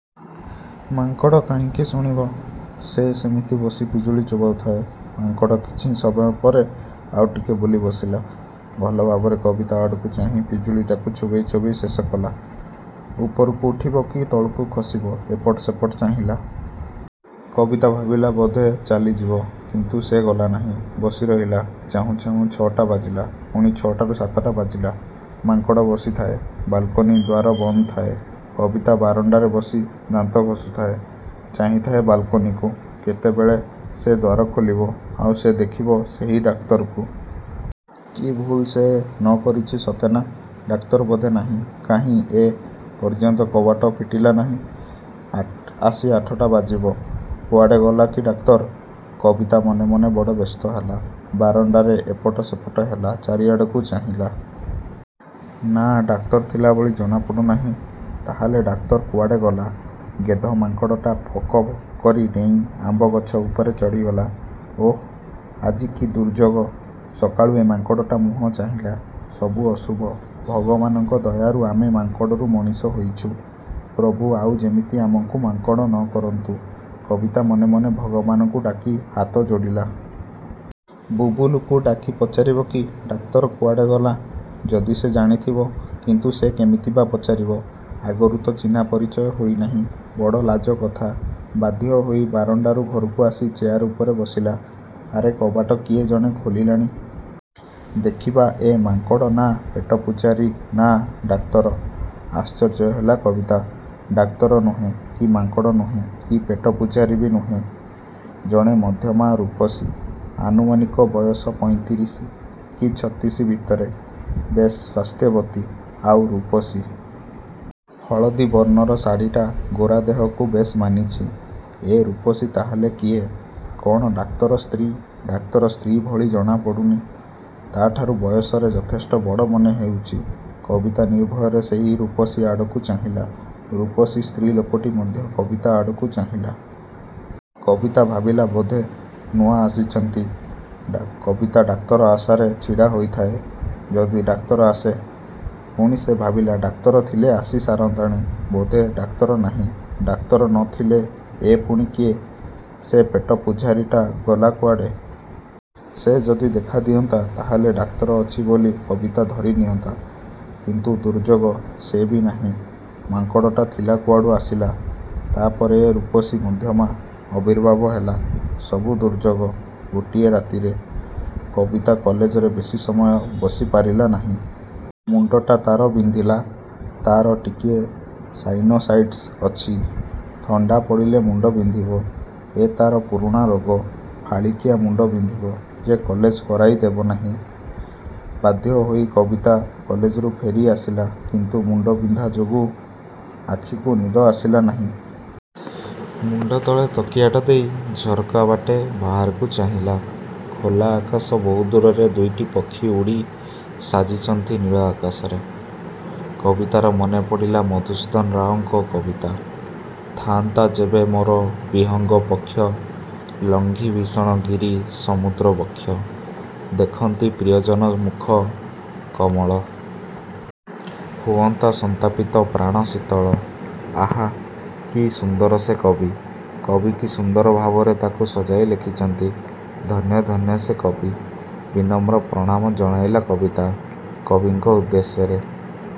ମାଙ୍କଡ଼ କାହିଁକି ଶୁଣିବ? ସେ ସେମିତି ବସି ପିଜୁଳି ଚୋବାଉଥାଏ। ମାଙ୍କଡ଼ କିଛି ସମୟ ପରେ ଆଉଟିକେ ବୁଲି ବସିଲା। ଭଲ ଭାବରେ କବିତା ଆଡ଼କୁ ଚାହିଁ ପିଜୁଳିଟାକୁ ଚୋବେଇ ଚୋବେଇ ଶେଷ କଲା। ଉପରକୁ ଉଠିବ କି ତଳକୁ ଖସିବ, ଏପଟ ସେପଟ ଚାହିଁଲା। କବିତା ଭାବିଲା ବୋଧେ ଚାଲିଯିବ। କିନ୍ତୁ ସେ ଗଲା ନାହିଁ। ବସି ରହିଲା। ଚାହୁଁ ଚାହୁଁ ଛଅଟା ବାଜିଲା। ପୁଣି ଛଅଟାରୁ ସାତଟା ବାଜିଲା। ମାଙ୍କଡ଼ ବସିଥାଏ। ବାଲ୍କୋନି ଦ୍ୱାର ବନ୍ଦଥାଏ। କବିତା ବାରଣ୍ଡାରେ ବସି ଦାନ୍ତ ଘଷୁଥାଏ, ଚାହିଁଥାଏ ବାଲକୋନିକୁ। କେତେବେଳେ ସେ ଦ୍ୱାର ଖୋଲିବ, ଆଉ ସେ ଦେଖିବ ସେହି ଡାକ୍ତରକୁ। କି ଭୁଲ୍ ସେ ନ କରିଛି ସତେ ନାଁ, ଡାକ୍ତର ବୋଧେ ନାହିଁ। କାହିଁ ଏ। ପର୍ଯ୍ୟନ୍ତ କବାଟ ଫିଟିଲା ନାହିଁ। ଆସି ଆଠଟା ବାଜିବ। କୁଆଡ଼େ ଗଲା କି ଡାକ୍ତର? କବିତା ମନେ ମନେ ବଡ଼ ବ୍ୟସ୍ତ ହେଲା। ବାରଣ୍ଡାରେ ଏପଟ ସେପଟ ହେଲା, ଚାରିଆଡ଼କୁ ଚାହିଁଲା। ନାଁ ଡାକ୍ତର ଥିଲାଭଳି ଜଣା ପଡ଼ୁନାହିଁ। ତା'ହେଲେ ଡାକ୍ତର କୁଆଡ଼େ ଗଲା? ଗେଧମାଙ୍କଡ଼ଟା ଫକ କରି ଡେଇଁ ଆମ୍ୱ ଗଛ ଉପରେ ଚଢ଼ିଗଲା। ଓଃ ଆଜି କି ଦୁର୍ଯ୍ୟୋଗ! ସକାଳୁ ଏ ମାଙ୍କଡ଼ଟା ମୁହଁ ଚାହିଁଲା। ସବୁ ଅଶୁଭ, ଭଗବାନଙ୍କ ଦୟାରୁ ଆମେ ମାଙ୍କଡ଼ରୁ ମଣିଷ ହୋଇଛୁ; ପ୍ରଭୁ ଆଉ ଯେମିତି ଆମକୁ ମାଙ୍କଡ଼ ନ କରନ୍ତୁ, କବିତା ମନେ ମନେ ଭଗବାନକୁ ଡାକି ହାତ ଯୋଡ଼ିଲା। ବୁବୁଲୁକୁ ଡାକି ପଚାରିବ କି; ଡାକ୍ତରଟା କୁଆଡ଼େ ଗଲା-ଯଦି ସେ ଜାଣିଥିବ। କିନ୍ତୁ ସେ କେମିତି ବା ପଚାରିବ। ଆଗରୁ ତ ଚିହ୍ନା ପରିଚୟ ହୋଇନାହିଁ, ବଡ଼ ଲାଜ କଥା। ବାଧ୍ୟ ହୋଇ ବାରଣ୍ଡାରୁ ଘରକୁ ଆସି ଚେୟାର ଉପରେ ବସିଲା। ଆରେ କବାଟ କିଏ ଜଣେ ଖୋଲିଲାଣି। ଦେଖିବା ଏ ମାଙ୍କଡ଼ ନା, ପେଟ ପୂଝାରୀ, ନା ଡାକ୍ତର। ଆଶ୍ଚର୍ଯ୍ୟ ହେଲା କବିତା। ଡାକ୍ତର ନୁହେଁ, କି ମାଙ୍କଡ଼ ନୁହେଁ, କି ପେଟ ପୂଝାରୀ ବି ନୁହେଁ। ଜଣେ ମଧ୍ୟମା ରୂପସୀ। ଆନୁମାନିକ ବୟସ ପଇଁତିରିଶି, କି ଛତିଶି ଭିତରେ। ବେଶ୍ ସ୍ୱାସ୍ଥ୍ୟବତୀ। ଆଉ ରୂପସୀ। ହଳଦୀ ବର୍ଣ୍ଣର ଶାଢ଼ୀଟା ଗୋରା ଦେହକୁ ବେଶ୍ ମାନିଛି। ଏ ରୂପସୀ ତା'ହେଲେ କିଏ? କ'ଣ ଡାକ୍ତର ସ୍ତ୍ରୀ? ଡାକ୍ତର ସ୍ତ୍ରୀ ଭଳି ଜଣା ପଡ଼ୁନି। ତା'ଠାରୁ ବୟସରେ ଯଥେଷ୍ଟ ବଡ଼ ମନେ ହେଉଛି। କବିତା ନିର୍ଭୟରେ ସେହି ରୂପସୀ ଆଡ଼କୁ ଚାହିଁଲା। ରୂପସୀ ସ୍ତ୍ରୀ ଲୋକଟି ମଧ୍ୟ କବିତା ଆଡ଼କୁ ଚାହିଁଲା। କବିତା ଭାବିଲା, ବୋଧେ ନୂଆ ଆସିଛନ୍ତି। କବିତା ଡାକ୍ତର ଆଶାରେ ଛିଡ଼ା ହୋଇଥାଏ। ଯଦି ଡାକ୍ତର ଆସେ। ପୁଣି ସେ ଭାବିଲା, ଡାକ୍ତର ଥିଲେ ଆସି ସାରନ୍ତାଣି। ବୋଧେ ଡାକ୍ତର ନାହିଁ। ଡାକ୍ତର ନ ଥିଲେ ଏ ପୁଣି କିଏ? ସେ ପେଟା ପୂଝାରୀଟା ଗଲା କୁଆଡ଼େ? ସେ ଯଦି ଦେଖା ଦିଅନ୍ତା ତା'ହେଲେ ଡାକ୍ତର ଅଛି ବୋଲି କବିତା ଧରି ନିଅନ୍ତା। କିନ୍ତୁ ଦୁର୍ଯ୍ୟୋଗ ସେ ବି ନାହିଁ। ମାଙ୍କଡ଼ଟା ଥିଲା କୁଆଡ଼ୁ ଆସିଲା ତା'ପରେ ଏ ରୂପସୀ ମଧ୍ୟମା ଆବିର୍ଭାବ ହେଲା। ସବୁ ଦୁର୍ଯ୍ୟୋଗ। ଗୋଟିଏ ରାତିରେ। କବିତା କଲେଜରେ ବେଶି ସମୟ ବସି ପାରିଲାନାହିଁ। ମୁଣ୍ଡଟା ତା'ର ବିନ୍ଧିଲା। ତା'ର ଟିକିଏ ସାଇନୋସାଇଟ୍ସ ଅଛି। ଥଣ୍ଡା ପଡ଼ିଲେ ମୁଣ୍ଡ ବିନ୍ଧିବ। ଏ ତା'ର ପୁରୁଣା ରୋଗ। ଫାଳିକିଆ ମୁଣ୍ଡ ବିନ୍ଧିବ ଯେ କଲେଜ କରାଇ ଦେବନି। ବାଧ୍ୟ ହୋଇ କବିତା କଲେଜରୁ ଫେରି ଆସିଲା। କିନ୍ତୁ ମୁଣ୍ଡବିନ୍ଧା ଯୋଗୁ ଆଖିକୁ ନିଦ ଆସିଲା ନାହିଁ। ମୁଣ୍ଡତଳେ ତକିଆଟା ଦେଇ ଝରକା ବାଟେ ବାହାରକୁ ଚାହିଁଲା। ଖୋଲା ଆକାଶ ବହୁ ଦୂରରେ ଦୁଇଟି ପକ୍ଷୀ ଉଡ଼ି ସାଜିଛନ୍ତି ନୀଳ ଆକାଶରେ। କବିତାର ମନେପଡ଼ିଲା ମଧୁସୂଦନ ରାଓଙ୍କ କବିତା- 'ଥା'ନ୍ତା ଯେବେ ମୋର ବିହଙ୍ଗ ପକ୍ଷ' ଲଙ୍ଘି ଭୀଷଣ ଗିରି ସମୁଦ୍ର ବକ୍ଷ। ଦେଖନ୍ତି ପ୍ରିୟଜନ ମୁଖ କମଳ। ହୁଅନ୍ତା ସନ୍ତାପିତ ପ୍ରାଣ ଶୀତଳ। ଆହାଃ। କି ସୁନ୍ଦର ସେ କବିତା। କବି କି ସୁନ୍ଦର ଭାବରେ ତା'କୁ ସଜାଇ ଲେଖିଛନ୍ତି। ଧନ୍ୟ ଧନ୍ୟ ସେ କବି। ବିନମ୍ର ପ୍ରଣାମ ଜଣାଇଲା କବିତା କବିଙ୍କ ଉଦ୍ଦେଶ୍ୟରେ।